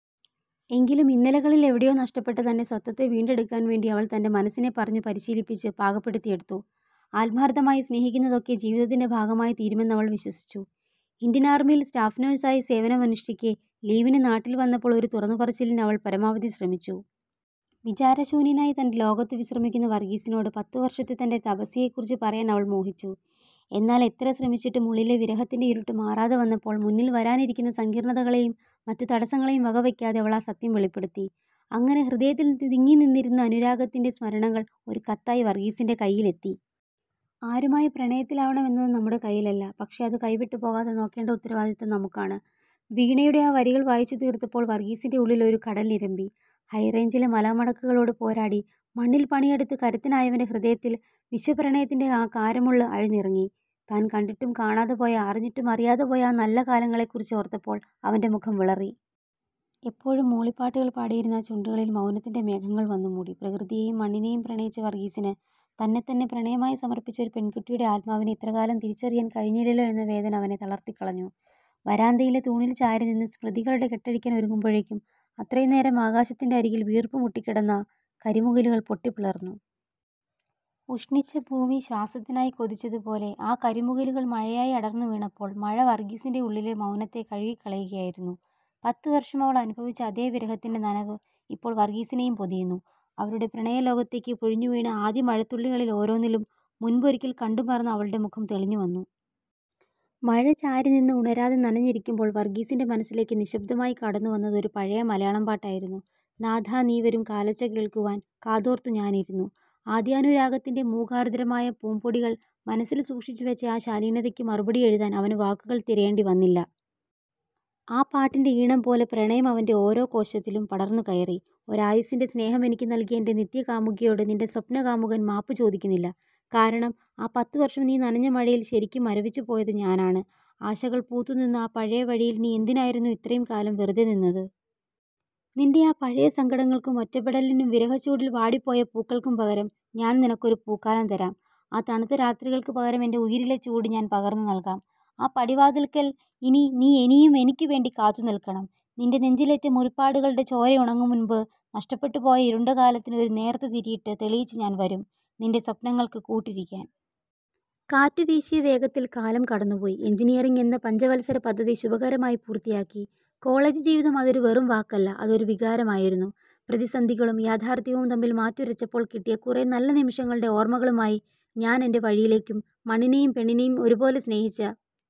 എങ്കിലും, ഇന്നലെകളിൽ എവിടെയോ നഷ്ടപ്പെട്ട തന്റെ സ്വത്വത്തെ വീണ്ടെടുക്കാൻ വേണ്ടി അവൾ തന്റെ മനസ്സിനെ പറഞ്ഞു പരിശീലിപ്പിച്ച് പാകപ്പെടുത്തിയെടുത്തു. ആത്മാർത്ഥമായി സ്നേഹിക്കുന്നതൊക്കെ ജീവിതത്തിൻ്റെ ഭാഗമായി തീരുമെന്നവൾ വിശ്വസിച്ചു. ഇന്ത്യൻ ആർമിയിൽ സ്റ്റാഫ് നഴ്സായി സേവനമനുഷ്ഠിക്കെ ലീവിന് നാട്ടിൽ വന്നപ്പോൾ ഒരു തുറന്നുപറച്ചിലിന് അവൾ പരമാവധി ശ്രമിച്ചു. വിചാരശൂന്യനായി തന്റെ ലോകത്ത് വിശ്രമിക്കുന്ന വർഗീസിനോട്, പത്തു വർഷത്തെ തന്റെ തപസ്യയെക്കുറിച്ച് പറയാൻ അവൾ മോഹിച്ചു. എന്നാൽ എത്ര ശ്രമിച്ചിട്ടും ഉള്ളിലെ വിരഹത്തിന്റെ ഇരുട്ട് മാറാതെ വന്നപ്പോൾ, മുന്നിൽ വരാനിരിക്കുന്ന സങ്കീർണ്ണതകളെയും മറ്റു തടസ്സങ്ങളെയും വകവെക്കാതെ അവൾ ആ സത്യം വെളിപ്പെടുത്തി. അങ്ങനെ ഹൃദയത്തിൽ തിങ്ങിനിന്നിരുന്ന അനുരാഗത്തിന്റെ സ്മരണകൾ ഒരു കത്തായി വർഗീസിന്റെ കയ്യിലെത്തി. "ആരുമായി പ്രണയത്തിലാവണം എന്നത് നമ്മുടെ കയ്യിലല്ല, പക്ഷേ അത് കൈവിട്ടുപോകാതെ നോക്കേണ്ട ഉത്തരവാദിത്തം നമുക്കാണ്. " വീണയുടെ ആ വരികൾ വായിച്ചു തീർത്തപ്പോൾ വർഗീസിന്റെ ഉള്ളിൽ ഒരു കടലിരമ്പി. ഹൈറേഞ്ചിലെ മലമടക്കുകളോട് പോരാടി, മണ്ണിൽ പണിയെടുത്ത് കരുത്തനായവന്റെ ഹൃദയത്തിൽ വിശ്വപ്രണയത്തിന്റെ ആ കാരമുള്ള് ആഴ്ന്നിറങ്ങി. താൻ കണ്ടിട്ടും കാണാതെ പോയ, അറിഞ്ഞിട്ടും അറിയാതെ പോയ ആ നല്ല കാലങ്ങളെക്കുറിച്ച് ഓർത്തപ്പോൾ അവന്റെ മുഖം വിളറി. എപ്പോഴും മൂളിപ്പാട്ടുകൾ പാടിയിരുന്ന ആ ചുണ്ടുകളിൽ മൗനത്തിന്റെ മേഘങ്ങൾ വന്നു മൂടി. പ്രകൃതിയെയും മണ്ണിനെയും പ്രണയിച്ച വർഗീസിന്, തന്നെത്തന്നെ പ്രണയമായി സമർപ്പിച്ച ഒരു പെൺകുട്ടിയുടെ ആത്മാവിനെ ഇത്രകാലം തിരിച്ചറിയാൻ കഴിഞ്ഞില്ലല്ലോ എന്ന വേദന അവനെ തളർത്തിക്കളഞ്ഞു. വരാന്തയിലെ തൂണിൽ ചാരി നിന്ന് സ്മൃതികളുടെ കെട്ടഴിക്കാൻ ഒരുങ്ങുമ്പോഴേക്കും, അത്രയും നേരം ആകാശത്തിന്റെ അരികിൽ വീർപ്പുമുട്ടിക്കിടന്ന കരിമുകിലുകൾ പൊട്ടിപ്പിളർന്നു. ഉഷ്ണിച്ച ഭൂമി ശ്വാസത്തിനായി കൊതിച്ചതുപോലെ, ആ കരിമുകിലുകൾ മഴയായി അടർന്നുവീണപ്പോൾ മഴ വർഗീസിന്റെ ഉള്ളിലെ മൗനത്തെ കഴുകിക്കളയുകയായിരുന്നു. പത്തു വർഷം അവൾ അനുഭവിച്ച അതേ വിരഹത്തിന്റെ നനവ് ഇപ്പോൾ വർഗീസിനെയും പൊതിയുന്നു. അവരുടെ പ്രണയലോകത്തേക്ക് പൊഴിഞ്ഞുവീണ ആദ്യ മഴത്തുള്ളികളിൽ ഓരോന്നിലും, മുൻപ് ഒരിക്കൽ കണ്ടുമറന്ന അവളുടെ മുഖം തെളിഞ്ഞുവന്നു. മഴ ചാരിനിന്ന് ഉണരാതെ നനഞ്ഞിരിക്കുമ്പോൾ വർഗീസിന്റെ മനസ്സിലേക്ക് നിശ്ശബ്ദമായി കടന്നുവന്നത് ഒരു പഴയ മലയാളം പാട്ടായിരുന്നു. "നാഥാ നീ വരും കാലൊച്ച കേൾക്കുവാൻ, കാതോർത്തു ഞാനിരുന്നു... " ആദ്യാനുരാഗത്തിന്റെ മൂകാർദ്രമായ പൂംപൊടികൾ മനസ്സിൽ സൂക്ഷിച്ചു വെച്ച ആ ശാലീനതയ്ക്ക് മറുപടി എഴുതാൻ അവന് വാക്കുകൾ തിരയേണ്ടി വന്നില്ല. ആ പാട്ടിന്റെ ഈണം പോലെ പ്രണയം അവന്റെ ഓരോ കോശത്തിലും പടർന്നു കയറി. "ഒരായുസ്സിന്റെ സ്നേഹം എനിക്ക് നൽകിയ എന്റെ നിത്യകാമുകിയോട് നിന്റെ സ്വപ്നകാമുകൻ മാപ്പ് ചോദിക്കുന്നില്ല. കാരണം, ആ പത്തു വർഷം നീ നനഞ്ഞ മഴയിൽ ശരിക്കും മരവിച്ചുപോയത് ഞാനാണ്. ആശകൾ പൂത്തുനിന്ന ആ പഴയ വഴിയിൽ നീ എന്തിനായിരുന്നു ഇത്രയും കാലം വെറുതെ നിന്നത്? നിന്റെ ആ പഴയ സങ്കടങ്ങൾക്കും ഒറ്റപ്പെടലിനും വിരഹച്ചൂടിൽ വാടിപ്പോയ പൂക്കൾക്കും പകരം, ഞാൻ നിനക്കൊരു പൂക്കാലം തരാം. ആ തണുത്ത രാത്രികൾക്ക് പകരം എന്റെ ഉയിരിലെ ചൂട് ഞാൻ പകർന്നു നൽകാം. ആ പടിവാതിൽക്കൽ ഇനി നീ ഇനിയും എനിക്ക് വേണ്ടി കാത്തുനിൽക്കണം. നിന്റെ നെഞ്ചിലേറ്റ മുറിപ്പാടുകളുടെ ചോരയുണങ്ങും മുൻപ്, നഷ്ടപ്പെട്ട്പോയ ഇരുണ്ട കാലത്തിന് ഒരു നേർത്ത തിരിയിട്ട് തെളിയിച്ച് ഞാൻ വരും, നിന്റെ സ്വപ്നങ്ങൾക്ക് കൂട്ടിരിക്കാൻ. " കാറ്റ് വീശിയ വേഗത്തിൽ കാലം കടന്നുപോയി. എൻജിനീയറിങ് എന്ന പഞ്ചവത്സര പദ്ധതി ശുഭകരമായി പൂർത്തിയാക്കി. "കോളജ് ജീവിതം"അതൊരു വെറും വാക്കല്ല, അതൊരു വികാരമായിരുന്നു. പ്രതിസന്ധികളും യാഥാർത്ഥ്യവും തമ്മിൽ മാറ്റുരച്ചപ്പോൾ കിട്ടിയ കുറെ നല്ല നിമിഷങ്ങളുടെ ഓർമ്മകളുമായി ഞാൻ എന്റെ വഴിയിലേക്കും, മണ്ണിനെയും പെണ്ണിനെയും ഒരുപോലെ സ്നേഹിച്ച